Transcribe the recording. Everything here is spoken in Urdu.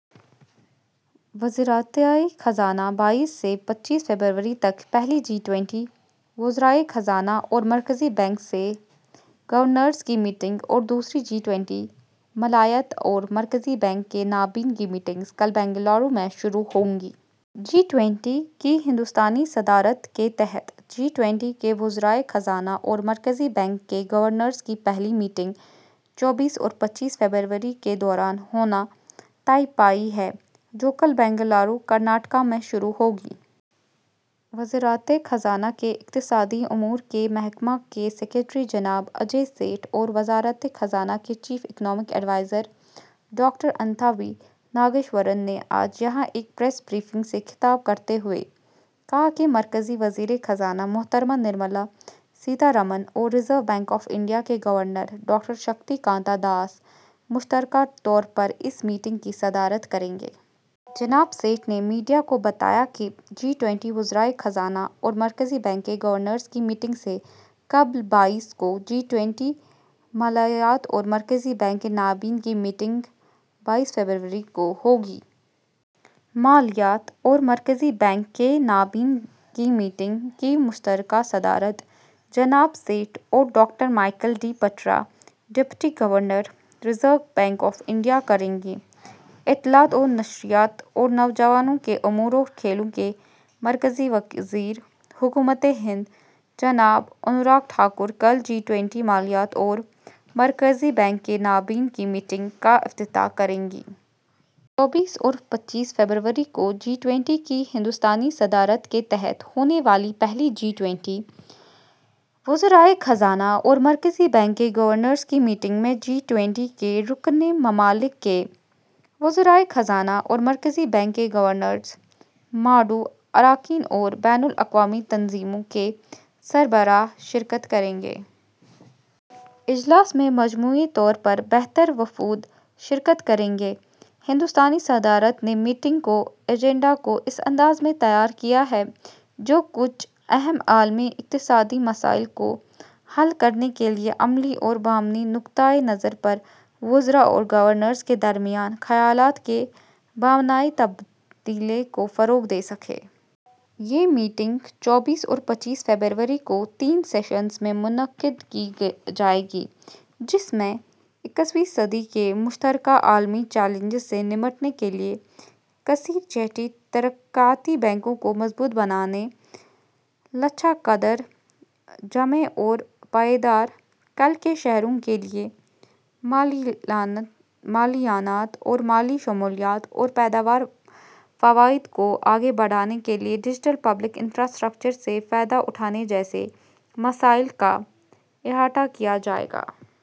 وزارت خزانہ بائیس سے پچیس فروری تک پہلی جی ٹوئنٹی وزرائے خزانہ اور مرکزی بینک کے گورنرز کی میٹنگ اور دوسری جی ٹوئنٹی مالیات اور مرکزی بینک کے نائبین کی میٹنگیں کل بنگلورو میں شروع ہوں گی۔ جی ٹوئنٹی کی ہندوستانی صدارت کے تحت جی ٹوئنٹی کے وزرائے خزانہ اور مرکزی بینک کے گورنرز کی پہلی میٹنگ چوبیس اور پچیس فروری کے دوران ہونا طے پائی ہے، جو کل بنگلورو، کرناٹک میں شروع ہوگی۔ وزارت خزانہ کے اقتصادی امور کے محکمہ کے سکریٹری جناب اجے سیٹھ اور وزارت خزانہ کے chief economic adviser doctor Anantha V Nageswaran نے آج یہاں ایک پریس بریفنگ سے خطاب کرتے ہوئے کہا کہ مرکزی وزیر خزانہ محترمہ نرملا سیتا رمن اور ریزرو بینک آف انڈیا کے governor doctor Shaktikanta Das مشترکہ طور پر اس میٹنگ کی صدارت کریں گے۔ جناب سیٹھ نے میڈیا کو بتایا کہ جی ٹوئنٹی وزرائے خزانہ اور مرکزی بینک کے گورنرز کی میٹنگ سے قبل بائیس فروری کو جی ٹوئنٹی مالیات اور مرکزی بینک کے نائبین کی میٹنگ ہوگی۔ مالیات اور مرکزی بینک کے نائبین کی میٹنگ کی مشترکہ صدارت جناب سیٹھ اور doctor Michael D Patra, deputy governor, reserve bank of India کریں گے۔ اطلاعات و نشریات اور نوجوانوں کے امور اور کھیلوں کے مرکزی وزیر، حکومت ہند، جناب انوراگ ٹھاکر کل جی ٹوئنٹی مالیات اور مرکزی بینک کے نائبین کی میٹنگ کا افتتاح کریں گے۔ چوبیس اور پچیس فروری کو جی ٹوئنٹی کی ہندوستانی صدارت کے تحت ہونے والی پہلی جی ٹوئنٹی وزرائے خزانہ اور مرکزی بینک کے گورنرز کی میٹنگ میں جی ٹوئنٹی کے رکن ممالک کے وزرائے خزانہ اور مرکزی بینک کے گورنرز، مدعو اراکین اور بین الاقوامی تنظیموں کے سربراہان شرکت کریں گے۔ اجلاس میں مجموعی طور پر بہتر وفود شرکت کریں گے۔ ہندوستانی صدارت نے میٹنگ کے ایجنڈے کو اس انداز میں تیار کیا ہے جو کچھ اہم عالمی اقتصادی مسائل کو حل کرنے کے لیے عملی اور بامعنی نقطہ نظر پر وزراء اور گورنروں کے درمیان خیالات کے بامعنی تبادلے کو فروغ دے سکے۔ یہ میٹنگ چوبیس اور پچیس فروری کو تین سیشنوں میں منعقد کی جائے گی، جس میں اکیسویں صدی کے مشترکہ عالمی چیلنجوں سے نمٹنے کے لیے کثیر جہتی ترقیاتی بینکوں کو مضبوط بنانے، لچکدار، جامع اور پائیدار ''کل کے شہروں'' کے لیے مالی اعانت اور مالی شمولیت اور پیداواری فوائد کو آگے بڑھانے کے لیے ڈیجیٹل پبلک انفراسٹرکچر سے فائدہ اٹھانے جیسے مسائل کا احاطہ کیا جائے گا۔